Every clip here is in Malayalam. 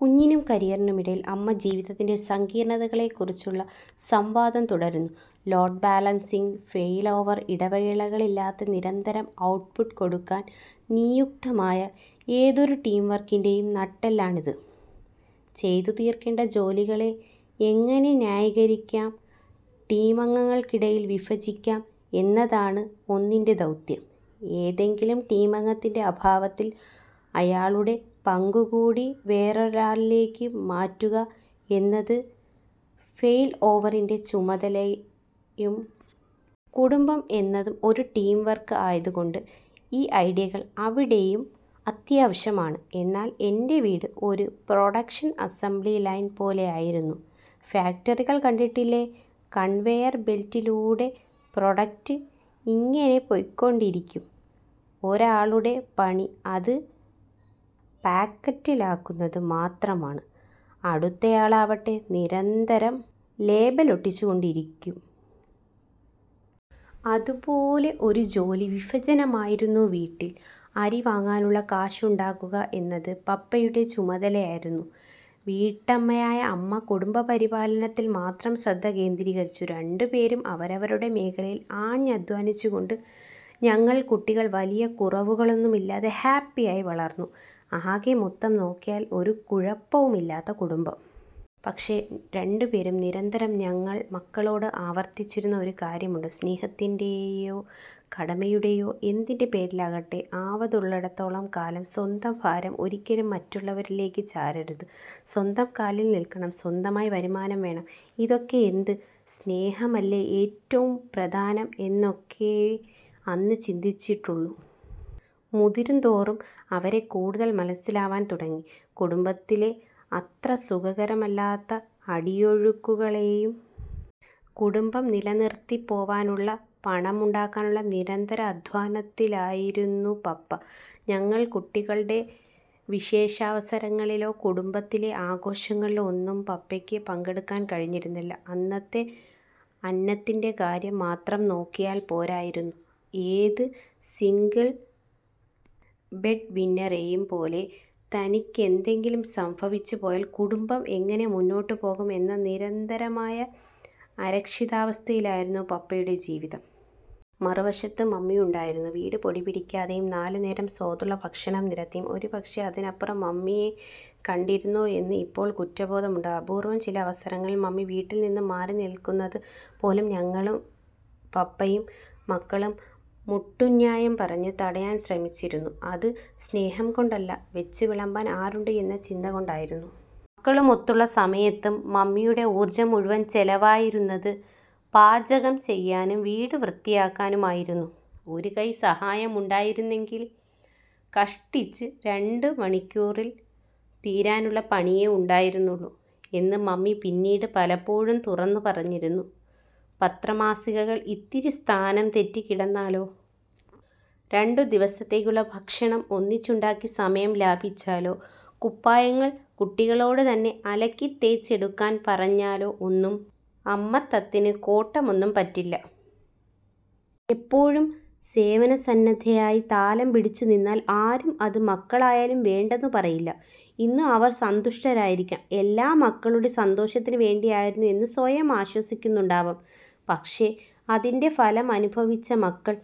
കുഞ്ഞിനും കരിയറിനുമിടയിലെ അമ്മ ജീവിതത്തിൻ്റെ സങ്കീർണ്ണതകളെക്കുറിച്ചുള്ള സംവാദം തുടരുന്നു. Load balancing, failover. ഇടവേളകളില്ലാതെ നിരന്തരം ഔട്ട്പുട്ട് കൊടുക്കാൻ നിയുക്തമായ ഏതൊരു ടീം വർക്കിൻ്റെയും നട്ടെല്ലാണിത്. ചെയ്തു തീർക്കേണ്ട ജോലികളെ എങ്ങനെ ന്യായികരിക്കാം ടീമംഗങ്ങൾക്കിടയിൽ വിഭജിക്കാം എന്നതാണ് ഒന്നിൻ്റെ ദൗത്യം. ഏതെങ്കിലും ടീമംഗത്തിൻ്റെ അഭാവത്തിൽ അയാളുടെ പങ്കു കൂടി വേറൊരാളിലേക്ക് മാറ്റുക എന്നത് ഫെയിൽ ഓവറിൻ്റെ ചുമതലയും. കുടുംബം എന്നതും ഒരു ടീം വർക്ക് ആയതുകൊണ്ട് ഈ ഐഡിയകൾ അവിടെയും അത്യാവശ്യമാണ്. എന്നാൽ എൻ്റെ വീട് ഒരു പ്രൊഡക്ഷൻ അസംബ്ലി ലൈൻ പോലെയായിരുന്നു. ഫാക്ടറികൾ കണ്ടിട്ടില്ലേ, കൺവെയർ ബെൽറ്റിലൂടെ പ്രൊഡക്റ്റ് ഇങ്ങനെ പോയ്ക്കൊണ്ടിരിക്കും. ഒരാളുടെ പണി അത് പാക്കറ്റിലാക്കുന്നത് മാത്രമാണ്. അടുത്തയാളാവട്ടെ നിരന്തരം ലേബലൊട്ടിച്ചുകൊണ്ടിരിക്കും. അതുപോലെ ഒരു ജോലി വിഫജനമായിരുന്നു വീട്ടിൽ. അരി വാങ്ങാനുള്ള കാശുണ്ടാക്കുക എന്നത് പപ്പയുടെ ചുമതലയായിരുന്നു. വീട്ടമ്മയായ അമ്മ കുടുംബപരിപാലനത്തിൽ മാത്രം ശ്രദ്ധ കേന്ദ്രീകരിച്ചു. രണ്ടുപേരും അവരവരുടെ മേഖലയിൽ ആഞ്ഞദ്ധ്വാനിച്ചതുകൊണ്ട് ഞങ്ങൾ കുട്ടികൾ വലിയ കുറവുകളൊന്നുമില്ലാതെ ഹാപ്പിയായി വളർന്നു. ആകെ മൊത്തം നോക്കിയാൽ ഒരു കുഴപ്പവുമില്ലാത്ത കുടുംബം. പക്ഷെ രണ്ടുപേരും നിരന്തരം ഞങ്ങൾ മക്കളോടാവർത്തിച്ചിരുന്ന ഒരു കാര്യമുണ്ട്; സ്നേഹത്തിൻ്റെയോ കടമയുടെയോ എന്തിൻ്റെ പേരിലുലാകട്ടെ, ആവതുള്ളിടത്തോളം കാലം സ്വന്തം ഫാരം ഒരിക്കലും മറ്റുള്ളവരിൽ ചാരരുത്. സ്വന്തം കാലിൽ നിൽക്കണം, സ്വന്തമായി വരുമാനം വേണം. ഇതൊക്കെയെന്ത്, സ്നേഹമല്ലേ ഏറ്റവും പ്രധാനം എന്നൊക്കെയേ അന്ന് ചിന്തിച്ചിട്ടുള്ളൂ. മുതിരുന്തോറും അവരെ കൂടുതൽ മനസ്സിലാവാൻ തുടങ്ങി, കുടുംബത്തിലെ അത്ര സുഖകരമല്ലാത്ത അടിയൊഴുക്കുകളെയും. കുടുംബം നിലനിർത്തിപ്പോവാനുള്ള പണമുണ്ടാക്കാനുള്ള നിരന്തര അധ്വാനത്തിലായിരുന്നു പപ്പ. ഞങ്ങൾ കുട്ടികളുടെ വിശേഷാവസരങ്ങളിലോ കുടുംബത്തിലെ ആഘോഷങ്ങളിലോ ഒന്നും പപ്പയ്ക്ക് പങ്കെടുക്കാൻ കഴിഞ്ഞിരുന്നില്ല. അന്നത്തെ അന്നത്തിൻ്റെ കാര്യം മാത്രം നോക്കിയാൽ പോരായിരുന്നു. ഏത് സിംഗിൾ ബ്രെഡ് വിന്നറെയും പോലെ, തനിക്കെന്തെങ്കിലും സംഫവിച്ചു പോയാൽ കുടുംബം എങ്ങനെ മുന്നോട്ടു പോകും എന്ന നിരന്തരമായ അരക്ഷിതാവസ്ഥയിലായിരുന്നു പപ്പയുടെ ജീവിതം. മറുവശത്ത് മമ്മിയുണ്ടായിരുന്നു. വീട് പൊടിപിടിക്കാതെയും നാലുനേരം സ്വാദുള്ള ഭക്ഷണം നിരത്തിയും. ഒരുപക്ഷെ അതിനപ്പുറം മമ്മിയെ കണ്ടിരുന്നോ എന്ന് ഇപ്പോൾ കുറ്റബോധമുണ്ട്. അപൂർവ്വം ചില അവസരങ്ങളിൽ മമ്മി വീട്ടിൽ നിന്നും മാറി നിൽക്കുന്നത് പോലും ഞങ്ങളും പപ്പയും മക്കളും മുട്ടുന്യായം പറഞ്ഞ് തടയാൻ ശ്രമിച്ചിരുന്നു. അത് സ്നേഹം കൊണ്ടല്ല, വെച്ചുവിളമ്പാൻ ആരുണ്ട് എന്ന ചിന്ത കൊണ്ടായിരുന്നു. മക്കളുമൊത്തുള്ള സമയത്തും മമ്മിയുടെ ഊർജ്ജം മുഴുവൻ ചെലവായിരുന്നത് പാചകം ചെയ്യാനും വീടു വൃത്തിയാക്കാനും ആയിരുന്നു. ഒരു കൈസഹായമുണ്ടായിരുന്നെങ്കിൽ കഷ്ടിച്ച് രണ്ടു മണിക്കൂറിൽ തീരാനുള്ള പണിയേ ഉണ്ടായിരുന്നുള്ളൂ എന്ന് മമ്മി പിന്നീട് പലപ്പോഴും തുറന്നു പറഞ്ഞിരുന്നു. പത്രമാസികകൾ ഇത്തിരി സ്ഥാനം തെറ്റി കിടന്നാലോ, രണ്ടു ദിവസത്തേക്കുള്ള ഭക്ഷണം ഒന്നിച്ചുണ്ടാക്കി സമയം ലാഭിച്ചാലോ, കുപ്പായങ്ങൾ കുട്ടികളോട് തന്നെ അലക്കി തേച്ചെടുക്കാൻ പറഞ്ഞാലോ ഒന്നും അമ്മത്തത്തിന് കോട്ടമൊന്നും പറ്റില്ല. എപ്പോഴും സേവനസന്നദ്ധയായി താലം പിടിച്ചു നിന്നാൽ ആരും, അത് മക്കളായാലും വേണ്ടെന്ന് പറയില്ല. ഇന്ന് അവർ സന്തുഷ്ടരായിരിക്കാം. എല്ലാം മക്കളുടെ സന്തോഷത്തിന് വേണ്ടിയായിരുന്നു എന്ന് സ്വയം ആശ്വസിക്കുന്നുണ്ടാവാം. പക്ഷെ അതിൻ്റെ ഫലമനുഭവിച്ച മകൾ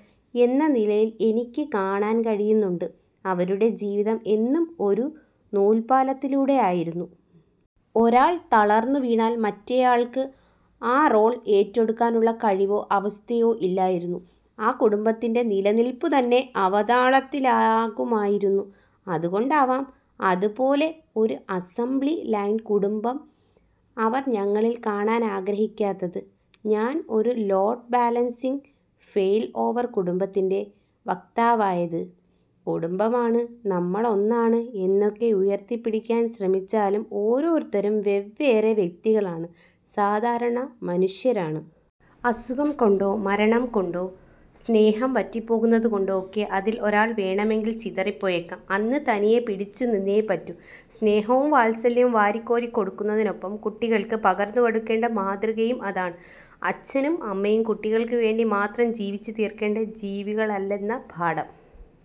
എന്ന നിലയിൽ എനിക്ക് കാണാൻ കഴിയുന്നുണ്ട്, അവരുടെ ജീവിതം എന്നും ഒരു നൂൽപ്പാലത്തിലൂടെയായിരുന്നു. ഒരാൾ തളർന്നു വീണാൽ, മറ്റേയാൾക്ക് ആ റോൾ ഏറ്റെടുക്കാനുള്ള കഴിവോ അവസ്ഥയോ ഇല്ലായിരുന്നു. ആ കുടുംബത്തിൻ്റെ നിലനിൽപു തന്നെ അവതാളത്തിലാകുമായിരുന്നു. അതുകൊണ്ടാവാം, അതുപോലെ ഒരു അസംബ്ലി ലൈൻ കുടുംബം അവർ ഞങ്ങളിൽ കാണാനാഗ്രഹിക്കാത്തത്. ഞാൻ ഒരു ലോഡ് ബാലൻസിംഗ് ഫെയിൽ ഓവർ കുടുംബത്തിൻ്റെ വക്താവായത്. കുടുംബമാണ്, നമ്മളൊന്നാണ് എന്നൊക്കെ ഉയർത്തിപ്പിടിക്കാൻ ശ്രമിച്ചാലും ഓരോരുത്തരും വെവ്വേറെ വ്യക്തികളാണ്, സാധാരണ മനുഷ്യരാണ്. അസുഖം കൊണ്ടോ മരണം കൊണ്ടോ സ്നേഹം വറ്റിപ്പോകുന്നതുകൊണ്ടോ ഒക്കെ അതിൽ ഒരാൾ വേണമെങ്കിൽ ചിതറിപ്പോയേക്കാം. അന്ന് തനിയെ പിടിച്ചു നിന്നേ പറ്റൂ. സ്നേഹവും വാത്സല്യവും വാരിക്കോരി കൊടുക്കുന്നതിനൊപ്പം കുട്ടികൾക്ക് പകർന്നു കൊടുക്കേണ്ട മാതൃകയും അതാണ്. അച്ഛനും അമ്മയും കുട്ടികൾക്ക് വേണ്ടി മാത്രം ജീവിച്ചു തീർക്കേണ്ട ജീവികളല്ലെന്ന പാഠം.